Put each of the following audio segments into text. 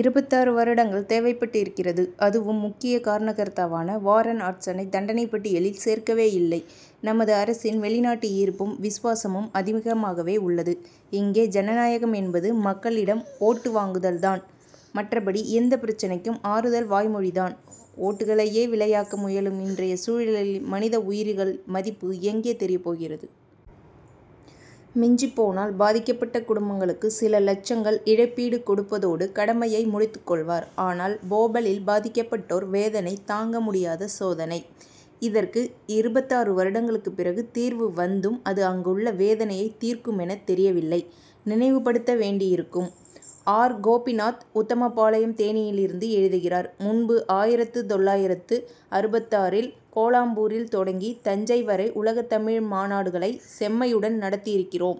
இருபத்தாறு வருடங்கள் தேவைப்பட்டிருக்கிறது. அதுவும் முக்கிய காரணகர்த்தாவான வாரன் ஆன்டர்சனை தண்டனைப் பட்டியலில் சேர்க்கவே இல்லை. நமது அரசின் வெளிநாட்டு ஈர்ப்பும் விசுவாசமும் அதிகமாகவே உள்ளது. இங்கே ஜனநாயகம் என்பது மக்களிடம் ஓட்டு வாங்குதல் தான். மற்றபடி எந்தப் பிரச்னைக்கும் ஆறுதல் வாய்மொழி தான்! ஓட்டுக்களையே விலையாக்க முயலும் இன்றைய சூழலில் மனித உயிர்களின் மதிப்பு எங்கே தெரியப் போகிறது? மிஞ்சிப் போனால் பாதிக்கப்பட்ட குடும்பங்களுக்கு சில லட்சங்களில் இழப்பீடு கொடுப்பதோடு கடமையை முடித்துக் கொள்வர். ஆனால் போபாலில் பாதிக்கப்பட்டோர் வேதனை தாங்க முடியாத சோதனை. இதற்கு இருபத்தாறு வருடங்களுக்கு பிறகு தீர்வு வந்தும் அது அங்குள்ள வேதனையை தீர்க்குமென தெரியவில்லை. நினைவுபடுத்த வேண்டியிருக்கும்! ஆர். கோபிநாத் உத்தமபாளையம் தேனியிலிருந்து எழுதுகிறார் முன்பு ஆயிரத்து தொள்ளாயிரத்து அறுபத்தாறில் கோலாலம்பூரில் தொடங்கி தஞ்சை வரை உலகத் தமிழ் மாநாடுகளை செம்மையுடன் நடத்தி இருக்கிறோம்.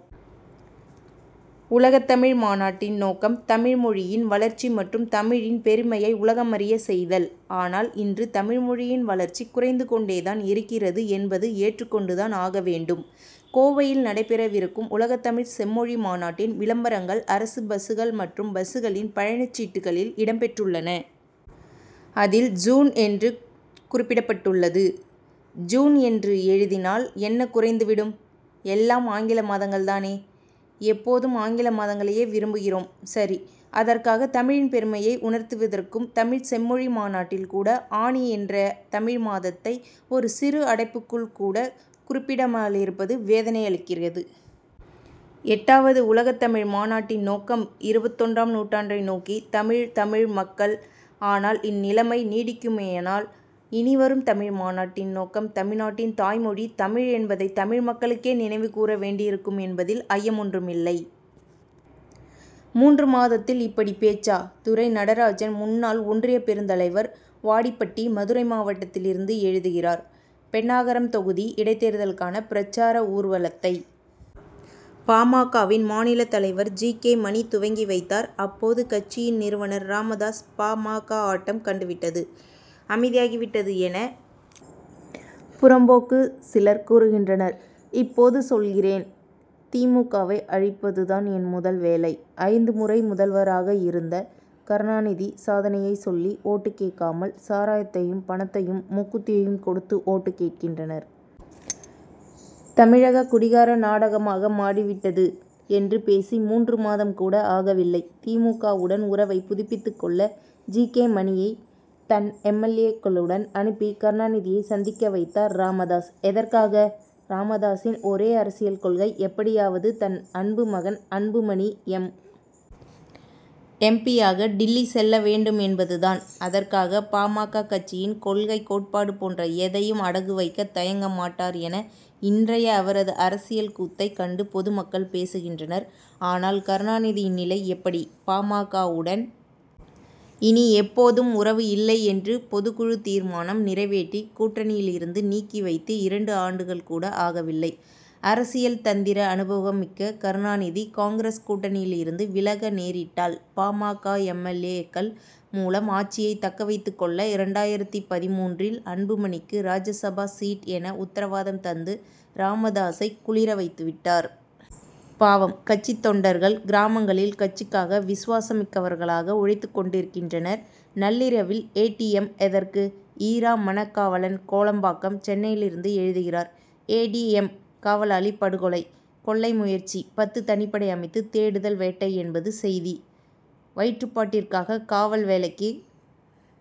உலகத் தமிழ் மாநாட்டின் நோக்கம் தமிழ் மொழியின் வளர்ச்சி மற்றும் தமிழின் பெருமையை உலகமறியச் செய்தல்! ஆனால் இன்று தமிழ் மொழியின் வளர்ச்சி குறைந்து கொண்டேதான் இருக்கிறது என்பதை ஏற்றுக்கொண்டுதான் ஆக வேண்டும். கோவையில் நடைபெறவிருக்கும் உலகத்தமிழ்ச் செம்மொழி மாநாட்டின் விளம்பரங்கள் அரசு பஸ்கள் மற்றும் பஸ்களின் பயணச் சீட்டுகளில் இடம் பெற்றுள்ளன. அதில் சூன் என்று குறிப்பிடப்பட்டுள்ளது. ஜூன் என்று எழுதினால் என்ன குறைந்து விடும்? எல்லாம் ஆங்கில மாதங்கள் தானே! எப்போதும் ஆங்கில மாதங்களையே விரும்புகிறோம் சரி! அதற்காக தமிழின் பெருமையை உணர்த்தவிருக்கும் தமிழ்ச் செம்மொழி மாநாட்டில் கூட ஆனி என்ற தமிழ் மாதத்தை ஒரு சிறு அடைப்புக்குள் கூட குறிப்பிடாமலிருப்பது வேதனையளிக்கிறது. எட்டாவது உலகத்தமிழ் மாநாட்டின் நோக்கம் இருபத்தொன்றாம் நூற்றாண்டை நோக்கி தமிழ் தமிழ் மக்கள்! ஆனால் இந்நிலைமை நீடிக்குமேயானால் இனிவரும் தமிழ் மாநாட்டின் நோக்கம் தமிழ்நாட்டின் தாய்மொழி தமிழ் என்பதை தமிழ் மக்களுக்கே நினைவுகூற வேண்டியிருக்குமென்பதில் ஐயம் ஒன்றுமில்லை. மூன்று மாதத்தில் இப்படிப் பேச்சா? துரை. நடராஜன் முன்னாள் ஒன்றியப் பெருந்தலைவர் வாடிப்பட்டி மதுரை மாவட்டத்திலிருந்து எழுதுகிறார் பென்னாகரம் தொகுதி இடைத்தேர்தலுக்கான பிரசார ஊர்வலத்தை பா. ம. க.வின் மாநில தலைவர் ஜி. கே. மணி துவக்கி வைத்தார். அப்போது கட்சியின் நிறுவனர் ராமதாஸ் பா. ம. க. ஆட்டம் கண்டுவிட்டது அமைதியாகிவிட்டது என புறம்போக்குகள் சிலர் கூறுகின்றனர். இப்போது சொல்கிறேன்தி. மு. க.வை அழிப்பதுதான் என் முதல் வேலை. ஐந்து முறை முதல்வராக இருந்த கருணாநிதி சாதனையைச் சொல்லி ஓட்டு கேட்காமல் சாராயத்தையும் பணத்தையும் மூக்குத்தியையும் கொடுத்து ஓட்டு கேட்கிறார். தமிழகம் குடிகார நாடாக மாறிவிட்டது' என்று பேசி மூன்று மாதம் கூட ஆகவில்லை. தி. மு. க.வுடன் உறவை புதுப்பித்துக் கொள்ள ஜி. கே. மணியை தன் எம். எல். ஏ.க்களுடன் அனுப்பி கருணாநிதியை சந்திக்க வைத்தார் ராமதாஸ். எதற்காக? ராமதாசின் ஒரே அரசியல் கொள்கை எப்படியாவது தன் அன்பு மகன் அன்புமணி எம். பி.யாக டில்லி செல்ல வேண்டும் என்பதுதான்! அதற்காக பா. ம. க. கட்சியின் கொள்கை கோட்பாடு போன்ற எதையும் அடகு வைக்க தயங்க மாட்டார்' என இன்றைய அவரது அரசியல் கூத்தை கண்டு பொதுமக்கள் பேசுகின்றனர். ஆனால் கருணாநிதியின் நிலை எப்படி? பா. ம. க.வுடன் இனி எப்போதும் உறவு இல்லை' என்று பொதுக்குழு தீர்மானம் நிறைவேற்றி கூட்டணியிலிருந்து நீக்கி வைத்து இரண்டு ஆண்டுகள் கூட ஆகவில்லை! அரசியல் தந்திர அனுபவமிக்க கருணாநிதி காங்கிரஸ் கூட்டணியிலிருந்து விலக நேரிட்டால் பா. ம. க. எம். எல். ஏக்கள் மூலம் ஆட்சியை தக்கவைத்துக் கொள்ள இரண்டாயிரத்து பதின்மூன்றில் அன்புமணிக்கு ராஜ்யசபா சீட்' என உத்தரவாதம் தந்து ராமதாசை குளிர வைத்துவிட்டார்! பாவம் கட்சித் தொண்டர்கள்கிராமங்களில் கட்சிக்காக விசுவாசமிக்கவர்களாக உழைத்துக் கொண்டிருக்கின்றனர். நள்ளிரவில் ஏ. டி. எம். எதற்கு? இரா. மனகாவலன் கேளம்பாக்கம் சென்னையிலிருந்து எழுதுகிறார் ஏ. டி. எம். காவலாளி படுகொலை. கொள்ளை முயற்சி. பத்து தனிப்படை அமைத்து தேடுதல் வேட்டை என்பது செய்தி. வயிற்றுப்பாட்டிற்காக காவல் வேலைக்கு